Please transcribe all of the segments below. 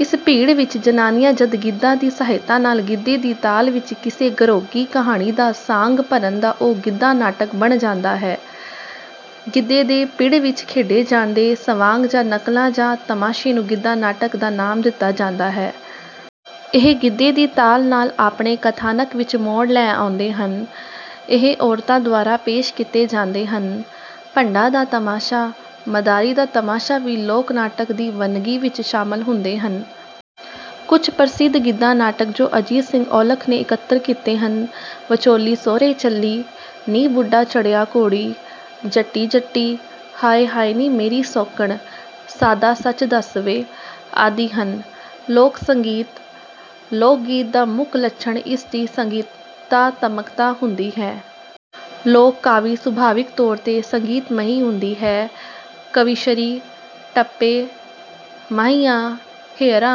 ਇਸ ਪਿੜ ਵਿੱਚ ਜ਼ਨਾਨੀਆਂ ਜਦ ਗੀਤਾਂ ਦੀ ਸਹਾਇਤਾ ਨਾਲ ਗਿੱਧੇ ਦੀ ਤਾਲ ਵਿੱਚ ਕਿਸੇ ਘਰੋਗੀ ਕਹਾਣੀ ਦਾ ਸਾਂਗ ਭਰਨ ਤਾਂ ਉਹ 'ਗਿੱਧਾ-ਨਾਟਕ' ਬਣ ਜਾਂਦਾ ਹੈ। ਗਿੱਧੇ ਦੇ ਪਿੜ ਵਿੱਚ ਖੇਡੇ ਜਾਂਦੇ ਸਵਾਂਗ ਜਾਂ ਨਕਲਾਂ ਜਾਂ ਤਮਾਸ਼ੇ ਨੂੰ ਗਿੱਧਾ-ਨਾਟਕ ਦਾ ਨਾਮ ਦਿੱਤਾ ਜਾਂਦਾ ਹੈ। ਇਹ ਗਿੱਧੇ ਦੀ ਤਾਲ ਨਾਲ ਆਪਣੇ ਕਥਾਨਕ ਵਿੱਚ ਮੋੜ ਲੈ ਆਉਂਦੇ ਹਨ। ਇਹ ਔਰਤਾਂ ਦੁਆਰਾ ਪੇਸ਼ ਕੀਤੇ ਜਾਂਦੇ ਹਨ। ਭੰਡਾਂ ਦਾ ਤਮਾਸ਼ਾ, ਮਦਾਰੀ ਦਾ ਤਮਾਸ਼ਾ ਵੀ ਲੋਕ-ਨਾਟਕ ਦੀ ਵੰਨਗੀ ਵਿੱਚ ਸ਼ਾਮਲ ਹੁੰਦੇ ਹਨ। ਕੁਝ ਪ੍ਰਸਿੱਧ ਗਿੱਧਾ-ਨਾਟਕ ਜੋ ਅਜੀਤ ਸਿੰਘ ਔਲਖ ਨੇ ਇਕੱਤਰ ਕੀਤੇ ਹਨ; ਵਚੋਲੀ ਸਹੁਰੇ ਚਲੀ, ਨੀ ਬੁੱਢਾ ਚੜ੍ਹਿਆ ਘੋੜੀ, ਜੱਟੀ-ਜੱਟੀ, ਹਾਏ-ਹਾਏ ਨੀ ਮੇਰੀ ਸੌਕਣ, ਸਾਧਾ ਸੱਚ ਦੱਸ ਵੇ ਆਦਿ ਹਨ। ਲੋਕ-ਸੰਗੀਤ :- ਲੋਕ-ਗੀਤ ਦਾ ਮੁੱਖ ਲੱਛਣ ਇਸ ਦੀ ਸੰਗੀਤਾਤਮਕਤਾ ਹੁੰਦੀ ਹੈ। ਲੋਕ-ਕਾਵਿ ਸੁਭਾਵਿਕ ਤੌਰ 'ਤੇ ਸੰਗੀਤਮਈ ਹੁੰਦੀ ਹੈ। 'ਕਵੀਸ਼ਰੀ, ਟੱਪੇ, ਮਾਹੀਆਂ, ਹੇਅਰਾ,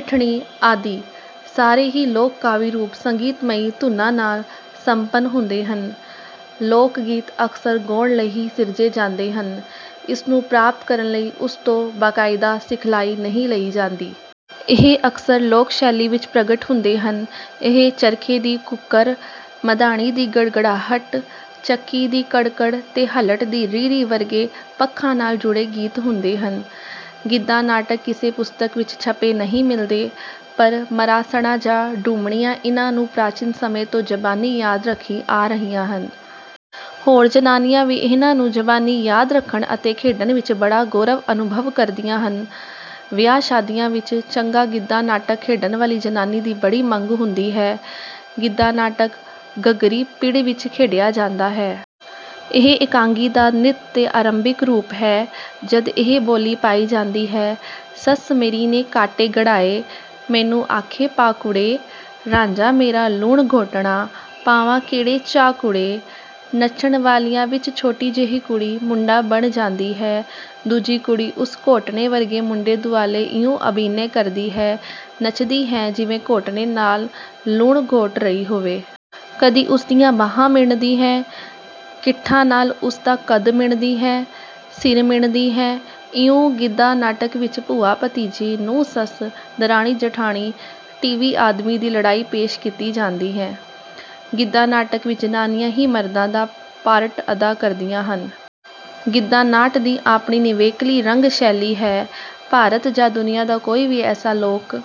ਸਿੱਠਣੀ ਆਦਿ ਸਾਰੇ ਹੀ ਲੋਕ-ਕਾਵਿ ਰੂਪ ਸੰਗੀਤਮਈ ਧੁਨਾਂ ਨਾਲ ਸੰਪੰਨ ਹੁੰਦੇ ਹਨ। ਲੋਕ-ਗੀਤ ਅਕਸਰ ਗਾਉਣ ਲਈ ਹੀ ਸਿਰਜੇ ਜਾਂਦੇ ਹਨ। ਇਸ ਨੂੰ ਪ੍ਰਾਪਤ ਕਰਨ ਲਈ ਉਸ ਤੋਂ ਬਾਕਾਇਦਾ ਸਿਖਲਾਈ ਨਹੀਂ ਲਈ ਜਾਂਦੀ। "ਇਹ ਅਕਸਰ ਲੋਕ-ਸ਼ੈਲੀ ਵਿੱਚ ਪ੍ਰਗਟ ਹੁੰਦੇ ਹਨ। ਇਹ ਚਰਖੇ ਦੀ ਘੂਕਰ, ਮਧਾਣੀ ਦੀ ਗੜਗੜਾਹਟ, ਚੱਕੀ ਦੀ ਕੜ-ਕੜ ਤੇ ਹਲਟ ਦੀ ਰੀਂ-ਰੀਂ ਵਰਗੇ ਪੱਖਾਂ ਨਾਲ ਜੁੜੇ ਗੀਤ ਹੁੰਦੇ ਹਨ।" ਗਿੱਧਾ-ਨਾਟਕ ਕਿਸੇ ਪੁਸਤਕ ਵਿੱਚ ਛਪੇ ਨਹੀਂ ਮਿਲਦੇ, ਪਰ ਮਰਾਸਣਾਂ ਜਾਂ ਡੂਮਣੀਆਂ ਇਹਨਾਂ ਨੂੰ ਪ੍ਰਾਚੀਨ ਸਮੇਂ ਤੋਂ ਜ਼ਬਾਨੀ ਯਾਦ ਰੱਖੀ ਆ ਰਹੀਆਂ ਹਨ। ਹੋਰ ਜ਼ਨਾਨੀਆਂ ਵੀ ਇਹਨਾਂ ਨੂੰ ਜ਼ਬਾਨੀ ਯਾਦ ਰੱਖਣ ਅਤੇ ਖੇਡਣ ਵਿੱਚ ਬੜਾ ਗੌਰਵ ਅਨੁਭਵ ਕਰਦੀਆਂ ਹਨ। ਵਿਆਹ-ਸ਼ਾਦੀਆਂ ਵਿੱਚ ਚੰਗਾ ਗਿੱਧਾ-ਨਾਟਕ ਖੇਡਣ ਵਾਲੀ ਜ਼ਨਾਨੀ ਦੀ ਬੜੀ ਮੰਗ ਹੁੰਦੀ ਹੈ। ਗਿੱਧਾ-ਨਾਟਕ ਘੱਗਰੀ-ਪਿੜ ਵਿੱਚ ਖੇਡਿਆ ਜਾਂਦਾ ਹੈ। ਇਹ ਇਕਾਂਗੀ ਦਾ ਨ੍ਰਿਤ ਤੇ ਆਰੰਭਿਕ ਰੂਪ ਹੈ। ਜਦ ਇਹ ਬੋਲੀ ਪਾਈ ਜਾਂਦੀ ਹੈ: ਸੱਸ ਮੇਰੀ ਨੇ ਕਾਂਟੇ ਘੜਾਏ, ਮੈਨੂੰ ਆਖੇ ਪਾ ਕੁੜੇ, ਰਾਂਝਾ ਮੇਰਾ ਲੂਣ ਘੋਟਣਾ, ਪਾਵਾਂ ਕਿਹੜੇ ਚਾਅ ਕੁੜੇ। ਨੱਚਣ ਵਾਲਿਆਂ ਵਿੱਚ ਛੋਟੀ ਜਿਹੀ ਕੁੜੀ ਮੁੰਡਾ ਬਣ ਜਾਂਦੀ ਹੈ, ਦੂਜੀ ਕੁੜੀ ਉਸ ਘੋਟਣੇ ਵਰਗੇ ਮੁੰਡੇ ਦੁਆਲੇ ਇਉਂ ਅਭਿਨੈ ਕਰਦੀ ਹੈ, ਨੱਚਦੀ ਹੈ ਜਿਵੇਂ ਘੋਟਣੇ ਨਾਲ ਲੂਣ ਘੋਟ ਰਹੀ ਹੋਵੇ। ਕਦੀ ਉਸ ਦੀਆਂ ਬਾਂਹਾਂ ਮਿਣਦੀ ਹੈ, ਗਿੱਠਾਂ ਨਾਲ ਉਸ ਦਾ ਕੱਦ ਮਿਣਦੀ ਹੈ, ਸਿਰ ਮਿਣਦੀ ਹੈ। ਇਉਂ ਗਿੱਧਾ-ਨਾਟਕ ਵਿੱਚ ਭੂਆ-ਭਤੀਜੀ, ਨੂੰਹ-ਸੱਸ, ਦਰਾਣੀ-ਜਠਾਣੀ, ਤੀਵੀਂ-ਆਦਮੀ ਦੀ ਲੜਾਈ ਪੇਸ਼ ਕੀਤੀ ਜਾਂਦੀ ਹੈ। ਗਿੱਧਾ-ਨਾਟਕ ਵਿੱਚ ਜ਼ਨਾਨੀਆਂ ਹੀ ਮਰਦਾਂ ਦਾ ਪਾਰਟ ਅਦਾ ਕਰਦੀਆਂ ਹਨ। ਗਿੱਧਾ-ਨਾਟ ਦੀ ਆਪਣੀ ਨਿਵੇਕਲੀ ਰੰਗ-ਸ਼ੈਲੀ ਹੈ। ਭਾਰਤ ਜਾਂ ਦੁਨੀਆ ਦਾ ਕੋਈ ਵੀ ਐਸਾ ਲੋਕ